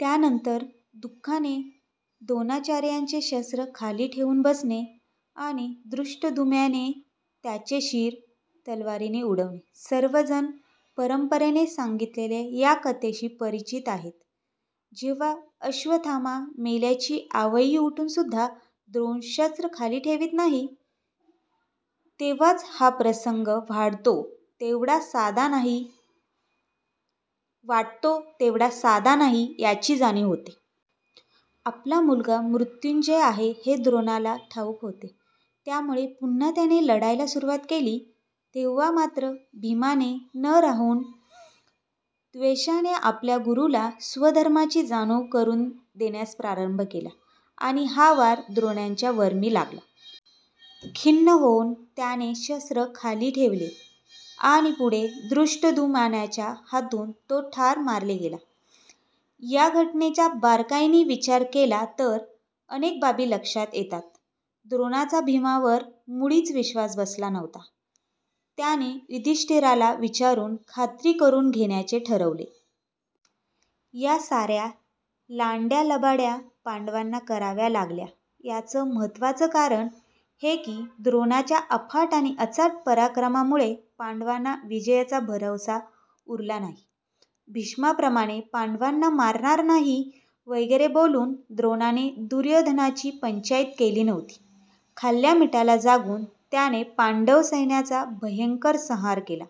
त्यानंतर दुःखाने दोणाचार्यांचे शस्त्र खाली ठेऊन बसणे. आणि धृष्ट्द्युम्नाने त्याचे शीर तलवारीने उडवणे. सर्वजण परंपरेने सांगितलेल्या या कथेशी परिचित आहेत. जेव्हा अश्वत्थामा मेल्याची आवई उठुनसुद्धा द्रोण शस्त्र खाली ठेवित नाही तेव्हाच या हा प्रसंग वाटतो तेवढा साधा नाही याची जाणीव होते. आपला मुलगा मृत्युंजय आहे हे द्रोणाला ठावुक होते. त्यामुळे पुन्हा त्याने लढायला सुरवात केली. तेव्हा मात्र भीमाने न राहवुन त्वेषाने आपल्या गुरुला स्वधर्माची जाणीव करुन देण्यास प्रारंभ केला आणि हा वार द्रोणाच्या वर्मी बसला. खिन्न होऊन त्याने शस्त्र खाली ठेवले. आणि पुढे धृष्ट्द्युम्नाच्या हातुन तो ठार मारले गेला. या घटनेचा बारकाईने विचार केला तर अनेक बाबी लक्षात येतात. द्रोणाचा भीमावर मुळीच विश्वास बसला नव्हता. त्याने युधिष्ठीराला विचारुन खात्री करुन घेण्याचे ठरवले. या सार्या लांड्यालबाड्या पांडवांना कराव्या लागल्या याचं महत्वाचं कारण हे की द्रोणाच्या अफाट आणि अचाट पराक्रमामुळे पांडवांना विजयाचा भरवसा उरला नाही. भीष्माप्रमाणे पांडवांना मारणार नाही वगैरे बोलुन द्रोणाने दुर्योधनाची पंचाईत केली नव्हती. खाल्ल्या मीठाला जागुन त्याने पांडव सैन्याचा भयंकर संहार केला.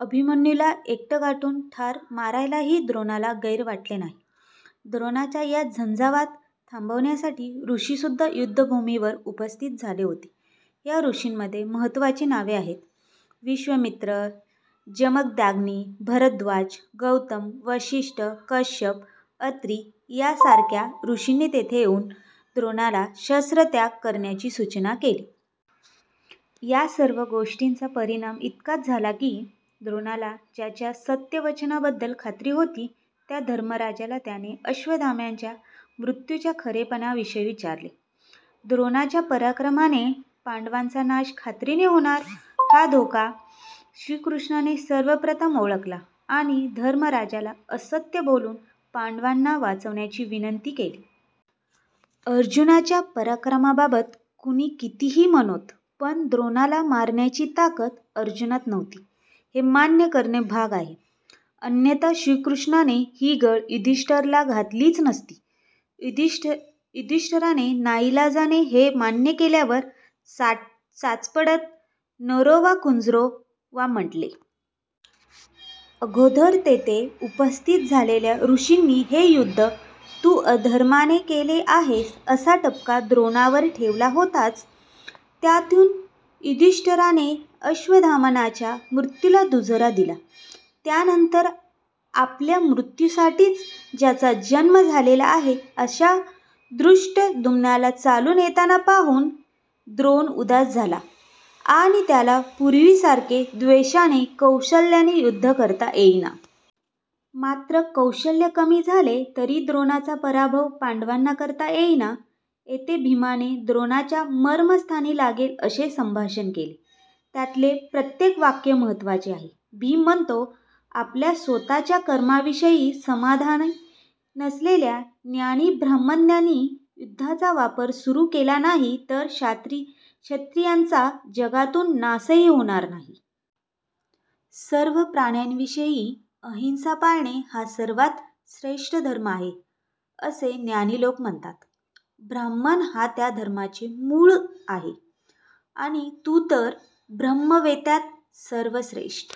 अभिमन्युला एकटं गाठुन ठार मारायलाही द्रोणाला गैर वाटले नाही. द्रोणाचा हा झंझावात थांबविण्यासाठी ऋषीसुद्धा युद्धभुमीवर उपस्थित झाले होते. या ऋषींमध्ये महत्त्वाची नावे आहेत. विश्वामित्र, जमदाग्नी, भरद्वाज, गौतम, वसिष्ठ, कश्यप, अत्री यासारख्या ऋषींनी तेथे येऊन द्रोणाला शस्त्रत्याग करण्याची सुचना केली. यासर्व गोष्टींचा परिणाम इतकाच झाला की द्रोणाला ज्याच्या सत्यवचनाबद्दल खात्री होती त्या धर्मराजाला त्याने अश्वत्थाम्याच्या मृत्युच्या खरेपणाविषयी विचारले. द्रोणाच्या पराक्रमाने पांडवांचा नाश खात्रीने होणार हा धोका श्रीकृष्णाने सर्वप्रथम ओळखला आणि धर्मराजाला असत्य बोलुन पांडवांना वाचविण्याची विनंती केली. अर्जुनाच्या पराक्रमाबाबत कुणी कितीही म्हणोत पण द्रोणाला मारण्याची ताकद अर्जुनात नव्हती हे मान्य करणं भाग आहे अन्यथा श्रीकृष्णाने ही गळ युधिष्ठीराला घातलीच नसती. युधिष्ठीराने नाईलाजाने हे मान्य केल्यावर चाचपडत नरो वा कुंजरो वा म्हटले. अगोदर तेथे उपस्थित झालेल्या ऋषींनी हे युद्द तु अधर्माने केले आहेस असा ठपका द्रोणावर ठेवला होताच. त्यातुन युधिष्ठीराने अश्वत्थाम्याच्या मृत्युला दुजोरा दिला. त्यानंतर आपल्या मृत्युसाठीच ज्याचा जन्म झालेला आहे अशा धृष्टद्युम्नाला चालुन येताना पाहुन द्रोण उदास झाला आणि त्याला पुर्वीसारखे त्वेषाने, कौशल्याने युद्ध करता येईना. मात्र कौशल्य कमी झाले तरी द्रोणाचा पराभव पांडवांना करता येईना. इथे भीमाने द्रोणाच्या मर्मस्थानी लागेल असे संभाषण केले. त्यातले प्रत्येक वाक्य महत्त्वाचे आहे. भीम म्हणतो आपल्या स्वतःच्या कर्माविषयी समाधानी नसलेल्या ज्ञानी ब्राह्मणांनी युद्धाचा व्यापार सुरु केला नाही तर क्षत्रियांचा जगातुन नाशही होणार नाही. सर्व प्राण्याविषयी अहिंसा पाळणे हा सर्वात श्रेष्ठ धर्म आहे असे ज्ञानी लोक म्हणतात. ब्राह्मण हा त्या धर्माचे मूळ आहे. आणि तु तर ब्रह्मवेत्त्यात सर्वश्रेष्ठ